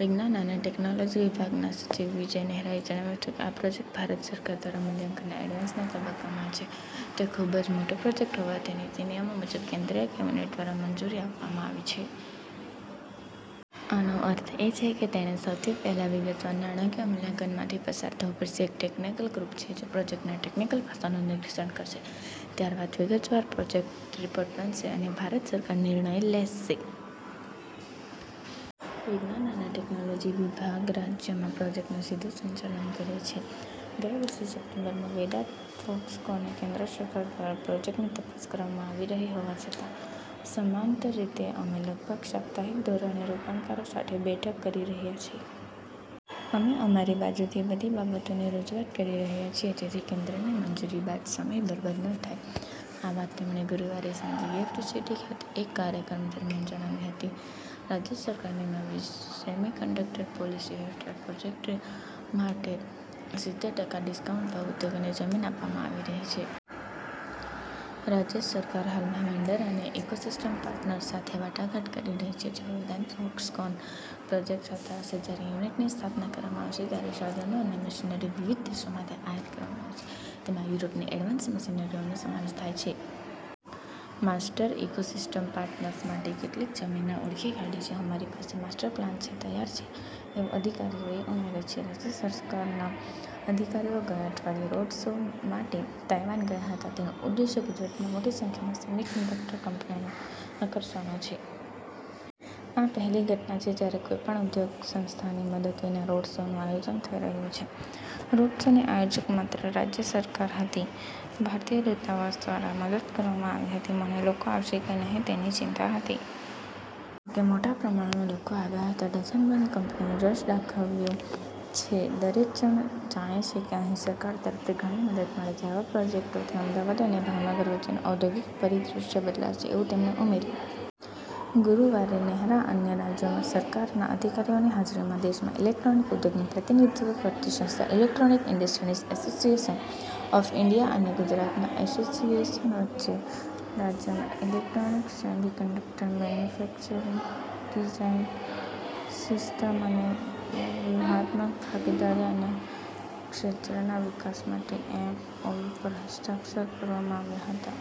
વિજ્ઞાન અને ટેકનોલોજી વિભાગના સચિવ વિજય નેહરાએ જણાવ્યું હતું કે, "આ પ્રોજેક્ટ ભારત સરકાર દ્વારા મૂલ્યાંકનના એડવાન્સ તબક્કામાં છે. તે ખૂબ જ મોટો પ્રોજેક્ટ હોવાથી નીતિ-નિયમો મુજબ, કેન્દ્રીય કેબિનેટ દ્વારા મંજૂરી આપવામાં આવી છે. આનો અર્થ એ છે કે તેણે સૌથી પહેલા વિગતવાર નાણાકીય મૂલ્યાંકનમાંથી પસાર થવું પડશે. એક ટેકનિકલ ગ્રૂપ છે જે પ્રોજેક્ટના ટેકનિકલ પાસાનું નિરિક્ષણ કરશે. ત્યારબાદ વિગતવાર પ્રોજેક્ટ રિપોર્ટ બનશે અને ભારત સરકાર નિર્ણય લેશે." વિજ્ઞાન અને ટેકનોલોજી વિભાગ રાજ્યમાં પ્રોજેક્ટનું સીધું સંચાલન કરે છે. ગયા વર્ષે સપ્ટેમ્બરમાં વેદાંત- ફોક્સકોને કેન્દ્ર સરકાર દ્વારા પ્રોજેક્ટની તપાસ કરવામાં આવી રહી હોવા છતાં, સમાંતર રીતે, અમે લગભગ સાપ્તાહિક ધોરણે રોકાણકારો સાથે બેઠક કરી રહ્યા છીએ. અમે અમારી બાજુથી બધી બાબતોની રજૂઆત કરી રહ્યા છીએ, જેથી કેન્દ્રની મંજૂરી બાદ સમય બરબાદ ન થાય. આ વાત તેમણે ગુરુવારે સાંજે ગિફ્ટ સિટી ખાતે એક કાર્યક્રમ દરમિયાન જણાવી હતી. રાજ્ય સરકારની નવી 'સેમિકન્ડક્ટર પોલીસી' હેઠળ પ્રોજેક્ટ માટે સિત્તેર ટકા ડિસ્કાઉન્ટ ભાવ ઉદ્યોગોને જમીન આપવામાં આવી રહી છે. રાજ્ય સરકાર હાલમાં વેન્ડર અને ઇકોસિસ્ટમ પાર્ટનર્સ સાથે વાટાઘાટ કરી રહી છે જેઓ વેદાંત-ફોક્સકોન પ્રોજેક્ટ સાથે આવશે. "જ્યારે યુનિટની સ્થાપના કરવામાં આવશે, ત્યારે સાધનો અને મશીનરી વિવિધ દેશોમાંથી આયાત કરવામાં આવશે. તેમાં યુરોપની એડવાન્સ મશીનરીઓનો સમાવેશ થાય છે. અમે ઇકોસિસ્ટમ પાર્ટનર્સ માટે કેટલીક જમીનને ઓળખી કાઢી છે. અમારી પાસે માસ્ટર પ્લાન તૈયાર છે" એવું અધિકારીએ ઉમેર્યું. રાજ્ય સરકારના અધિકારીઓ ગયા અઠવાડિયે "રોડ શો" માટે તાઇવાન ગયા હતા. તેનો ઉદ્દેશ્ય ગુજરાતમાં મોટી સંખ્યામાં સેમિકન્ડક્ટર કંપનીઓને આકર્ષવાનો છે. "આ પહેલી ઘટના છે જ્યારે કોઈપણ ઉદ્યોગ સંસ્થાની મદદ વિના રોડ શોનું આયોજન થઇ રહ્યુ હતુ. રોડશોની આયોજક માત્ર રાજ્ય સરકાર હતી, ભારતીય દૂતાવાસ દ્વારા મદદ કરવામાં આવી હતી. મને લોકો આવશે કે નહીં તેની ચિંતા હતી. જોકે મોટા પ્રમાણમાં લોકો આવ્યા હતા. ડઝનબંધ કંપનીઓએ રસ દાખવ્યો છે. દરેક જણ જાણે છે કે અહીં સરકાર તરફથી ઘણી મદદ મળે છે. આવા પ્રોજેક્ટોથી અમદાવાદ અને ભાવનગર વચ્ચેનો ઔદ્યોગિક પરિદ્રશ્ય બદલાશે. " એવું તેમણે ઉમેર્યું. ગુરુવારે નેહરા અને અન્ય રાજ્ય સરકારના અધિકારીઓની હાજરીમાં દેશમાં ઇલેક્ટ્રોનિક્સ ઉદ્યોગનું પ્રતિનિધિત્વ કરતી સંસ્થા – electronic industries association of India – અને ગુજરાતના એસોસિએશન વચ્ચે રાજ્યમાં ઇલેક્ટ્રોનિક્સ અને સેમિકન્ડક્ટર મેન્યુફેક્ચરિંગ ડિઝાઇન સિસ્ટમ્સની વ્યૂહાત્મક ભાગીદારી અને ક્ષેત્રના વિકાસ માટે એક એમઓયુ પર હસ્તાક્ષર કરવામાં આવ્યા હતા.